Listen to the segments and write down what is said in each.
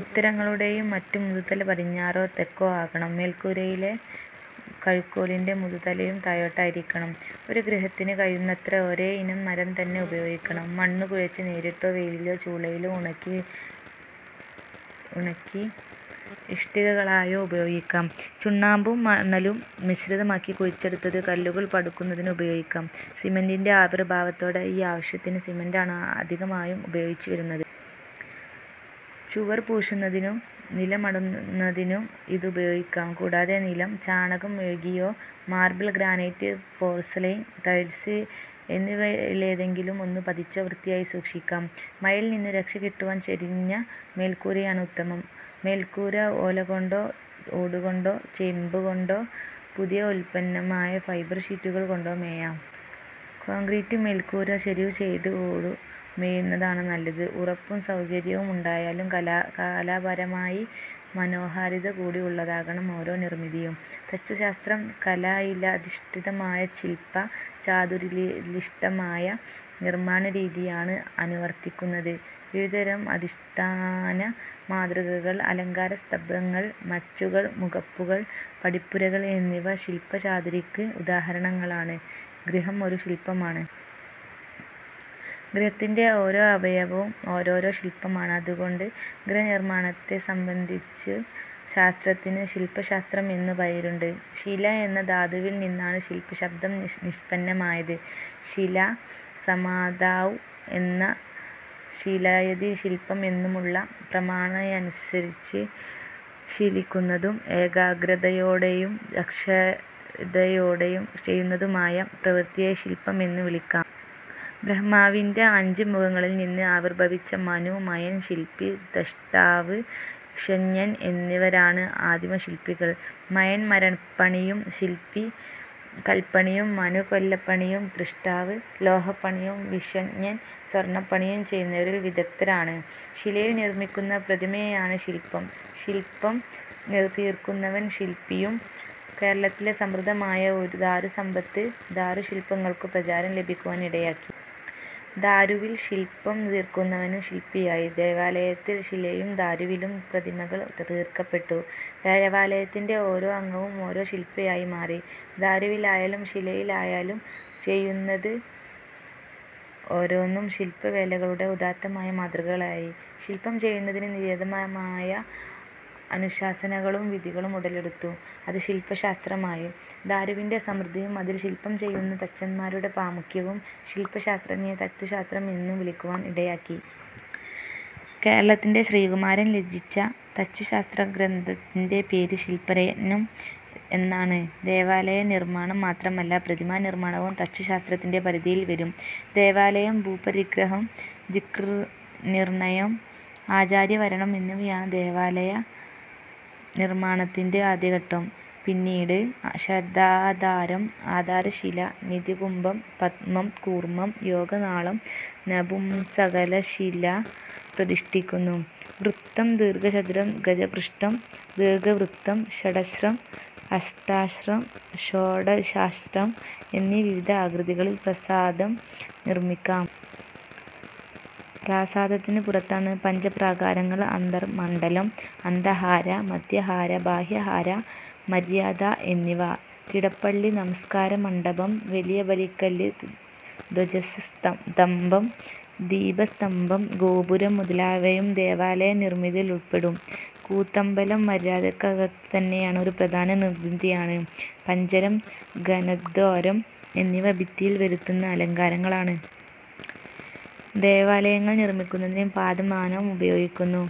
ഉത്തരങ്ങളുടേയും മറ്റും മുതുതല പടിഞ്ഞാറോ തെക്കോ ആകണം. മേൽക്കൂരയിലെ കഴുക്കോലിന്റെ മുതുതലയും താഴോട്ടായിരിക്കണം. ഒരു ഗൃഹത്തിന് കഴിയുന്നത്ര ഒരേ ഇനം മരംതന്നെ ഉപയോഗിക്കണം. മണ്ണു കുഴച്ച് നേരിട്ടോ, വെയിലിലോ ചൂളയിലോ ഉണക്കി ഇഷ്ടികകളായോ ഉപയോഗിക്കാം. ചുണ്ണാമ്പും മണലും മിശ്രിതമാക്കി കുഴച്ചെടുത്തത് കല്ലുകൾ പടുക്കുന്നതിന് ഉപയോഗിക്കാം. സിമന്റിന്റെ ആവിർഭാവത്തോടെ ഈ ആവശ്യത്തിന് സിമന്റാണ് അധികമായും ഉപയോഗിച്ചുവരുന്നത്. ചുവർ പൂശുന്നതിനും നിലമിടുന്നതിനും ഇത് ഉപയോഗിക്കാം. കൂടാതെ നിലം ചാണകം മെഴുകിയോ മാർബിൾ, ഗ്രാനൈറ്റ്, പോർസലൈൻ ടൈൽസ് എന്നിവയിലേതെങ്കിലും ഒന്ന് പതിച്ചോ വൃത്തിയായി സൂക്ഷിക്കാം. മഴയിൽനിന്നു രക്ഷ കിട്ടുവാൻ ചരിഞ്ഞ മേൽക്കൂരയാണ് ഉത്തമം. മേൽക്കൂര ഓലകൊണ്ടോ ഓടുകൊണ്ടോ ചെമ്പുകൊണ്ടോ പുതിയ ഉത്പന്നമായ ഫൈബർ ഷീറ്റുകൾ കൊണ്ടോ മേയാം. കോൺക്രീറ്റ് മേൽക്കൂര ചരിവു ചെയ്ത് ഓടു മേയുന്നതാണ് നല്ലത്. ഉറപ്പും സൗകര്യവും ഉണ്ടായാലും കലാപരമായി മനോഹാരിതകൂടി ഉള്ളതാകണം ഓരോ നിർമിതിയും. തച്ചുശാസ്ത്രം കലയിലധിഷ്ഠിതമായ ശില്പ ചാതുരിയിധിഷ്ഠമായ-നിർമ്മാണരീതിയാണ് അനുവർത്തിക്കുന്നത്. വിവിധതരം അധിഷ്ഠാന മാതൃകകൾ, അലങ്കാര സ്തംഭങ്ങൾ, മച്ചുകൾ, മുഖപ്പുകൾ, പടിപ്പുരകൾ എന്നിവ ശില്പ ചാതുരിക്ക് ഉദാഹരണങ്ങളാണ്. ഗൃഹം ഒരു ശില്പമാണ്. ഗൃഹത്തിന്റെ ഓരോ അവയവവും ഓരോരോ ശില്പമാണ്. അതുകൊണ്ട് ഗൃഹനിർമ്മാണത്തെ സംബന്ധിച്ച ശാസ്ത്രത്തിന് ശില്പശാസ്ത്രം എന്നും പേരുണ്ട്. ശില എന്ന ധാതുവിൽ നിന്നാണ് ശില്പ ശബ്ദം നിഷ്പന്നമായത്. ശില സമാധൗ എന്നും ശീലയതി ശില്പം എന്നുമുള്ള പ്രമാണമനുസരിച്ച് ശീലിക്കുന്നതും ഏകാഗ്രതയോടെയും ദക്ഷതയോടെയും ചെയ്യുന്നതുമായ പ്രവൃത്തിയെ ശില്പമെന്നു വിളിക്കാം. ബ്രഹ്മാവിന്റെ അഞ്ച് മുഖങ്ങളിൽ നിന്ന് ആവിർഭവിച്ച മനു, മയൻ, ശില്പി, ത്വഷ്ടാവ്, വിശ്വജ്ഞൻ എന്നിവരാണ് ആദിമശില്പികൾ. മയൻ മരപ്പണിയും ശില്പി കല്പണിയും മനു കൊല്ലപ്പണിയും ത്വഷ്ടാവ് ലോഹപ്പണിയും വിശ്വജ്ഞൻ സ്വർണപ്പണിയും ചെയ്യുന്നവരിൽ വിദഗ്ദ്ധരാണ്. ശിലയിൽ നിർമ്മിക്കുന്ന പ്രതിമയാണ് ശില്പം. ശില്പം തീർക്കുന്നവൻ ശില്പിയും. കേരളത്തിലെ സമൃദ്ധമായ ദാരുസമ്പത്ത് ദാരുശില്പങ്ങൾക്കു പ്രചാരം ലഭിക്കുവാൻ ഇടയാക്കി. ദാരുവിൽ ശില്പം തീർക്കുന്നവനും ശില്പിയായി. ദേവാലയത്തിൽ ശിലയിലും ദാരുവിലും പ്രതിമകൾ തീർക്കപ്പെട്ടു. ദേവാലയത്തിന്റെ ഓരോ അംഗവും ഓരോ ശില്പമായി മാറി. ദാരുവിലായാലും ശിലയിലായാലും ഓരോന്നും ശില്പ വേലകളുടെ ഉദാത്തമായ മാതൃകകളായി. ശില്പം ചെയ്യുന്നതിന് നിയതമായ അനുശാസനകളും വിധികളും ഉടലെടുത്തു. അത് ശില്പശാസ്ത്രമായി. ദാരുവിന്റെ സമൃദ്ധിയും അതിൽ ശില്പം ചെയ്യുന്ന തച്ചന്മാരുടെ പ്രാമുഖ്യവും ശില്പശാസ്ത്രത്തെ തച്ചുശാസ്ത്രം എന്നും വിളിക്കുവാൻ ഇടയാക്കി. കേരളത്തിന്റെ ശ്രീകുമാരൻ രചിച്ച തച്ചുശാസ്ത്രഗ്രന്ഥത്തിന്റെ പേര് ശില്പരത്നം എന്നാണ്. ദേവാലയ നിർമ്മാണം മാത്രമല്ല, പ്രതിമാ നിർമ്മാണവും തച്ചുശാസ്ത്രത്തിന്റെ പരിധിയിൽ വരും. ദേവാലയം. ഭൂപരിഗ്രഹം, ദിക്നിർണയം, ആചാര്യവരണം എന്നിവയാണ് ദേവാലയ നിർമ്മാണത്തിന്റെ ആദ്യഘട്ടം. പിന്നീട് ഷഡാധാരം ആധാരശില, നിധികുംഭം, പദ്മം, കൂർമം, യോഗനാളം, നപുംസകശില പ്രതിഷ്ഠിക്കുന്നു. വൃത്തം, ദീർഘചതുരം, ഗജപൃഷ്ഠം, ദീർഘവൃത്തം, ഷഡശ്രം, അഷ്ടാശ്രം, ഷോഡശാശ്രം എന്നീ വിവിധ ആകൃതികളിൽ പ്രാസാദം നിർമ്മിക്കാം. പ്രാസാദത്തിനു പുറത്താണ് പഞ്ചപ്രാകാരങ്ങൾ അന്തർമണ്ഡലം, അന്തഹാര, മധ്യഹാര, ബാഹ്യഹാര, മര്യാദ എന്നിവ. തിടപ്പള്ളി, നമസ്കാരമണ്ഡപം, വലിയ ബലിക്കല്ല്, ധ്വജസ് തംഭം, ദീപസ്തംഭം, ഗോപുരം മുതലായവയും ദേവാലയ നിർമിതിയിൽ ഉൾപ്പെടും. കൂത്തമ്പലം മര്യാദയ്ക്കകത്തു തന്നെയുള്ള ഒരു പ്രധാന നിർമിതിയാണ്. പഞ്ജരം, ഘനദ്വാരം എന്നിവ ഭിത്തിയിൽ വരുത്തുന്ന അലങ്കാരങ്ങളാണ്. ദേവാലയങ്ങൾ നിർമ്മിക്കുന്നതിന് പാദമാനം ഉപയോഗിക്കുന്നു.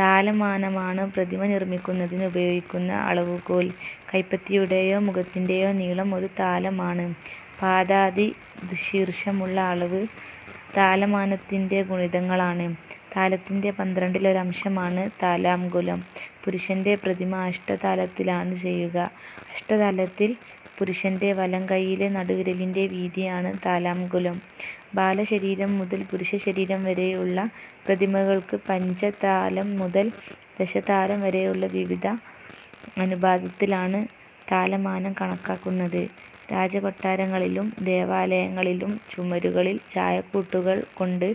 താലമാനമാണ് പ്രതിമ നിർമ്മിക്കുന്നതിനുപയോഗിക്കുന്ന അളവുകോൽ. കൈപ്പത്തിയുടേയോ മുഖത്തിന്റേയോ നീളം ഒരു താലമാണ്. പാദാദി ശീർഷമുള്ള അളവ് താലമാനത്തിന്റെ ഗുണിതങ്ങളാണ്. താലത്തിന്റെ പന്ത്രണ്ടിലൊരംശമാണ് താലാംഗുലം. പുരുഷന്റെ പ്രതിമ അഷ്ടതാലത്തിലാണ് ചെയ്യുക. അഷ്ടതാലത്തിൽ പുരുഷന്റെ വലംകൈയിലെ നടുവിരലിന്റെ വീതിയാണ് താലാംഗുലം. ബാലശരീരം മുതൽ പുരുഷശരീരം വരെയുള്ള പ്രതിമകൾക്ക് പഞ്ചതാലം മുതൽ ദശതാലം വരെയുള്ള വിവിധ അനുപാതത്തിലാണ് താലമാനം കണക്കാക്കുന്നത്. രാജകൊട്ടാരങ്ങളിലും ദേവാലയങ്ങളിലും ചുമരുകളിൽ ചായക്കൂട്ടുകൾ കൊണ്ട്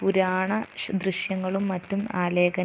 പുരാണദൃശ്യങ്ങളും മറ്റും ആലേഖനം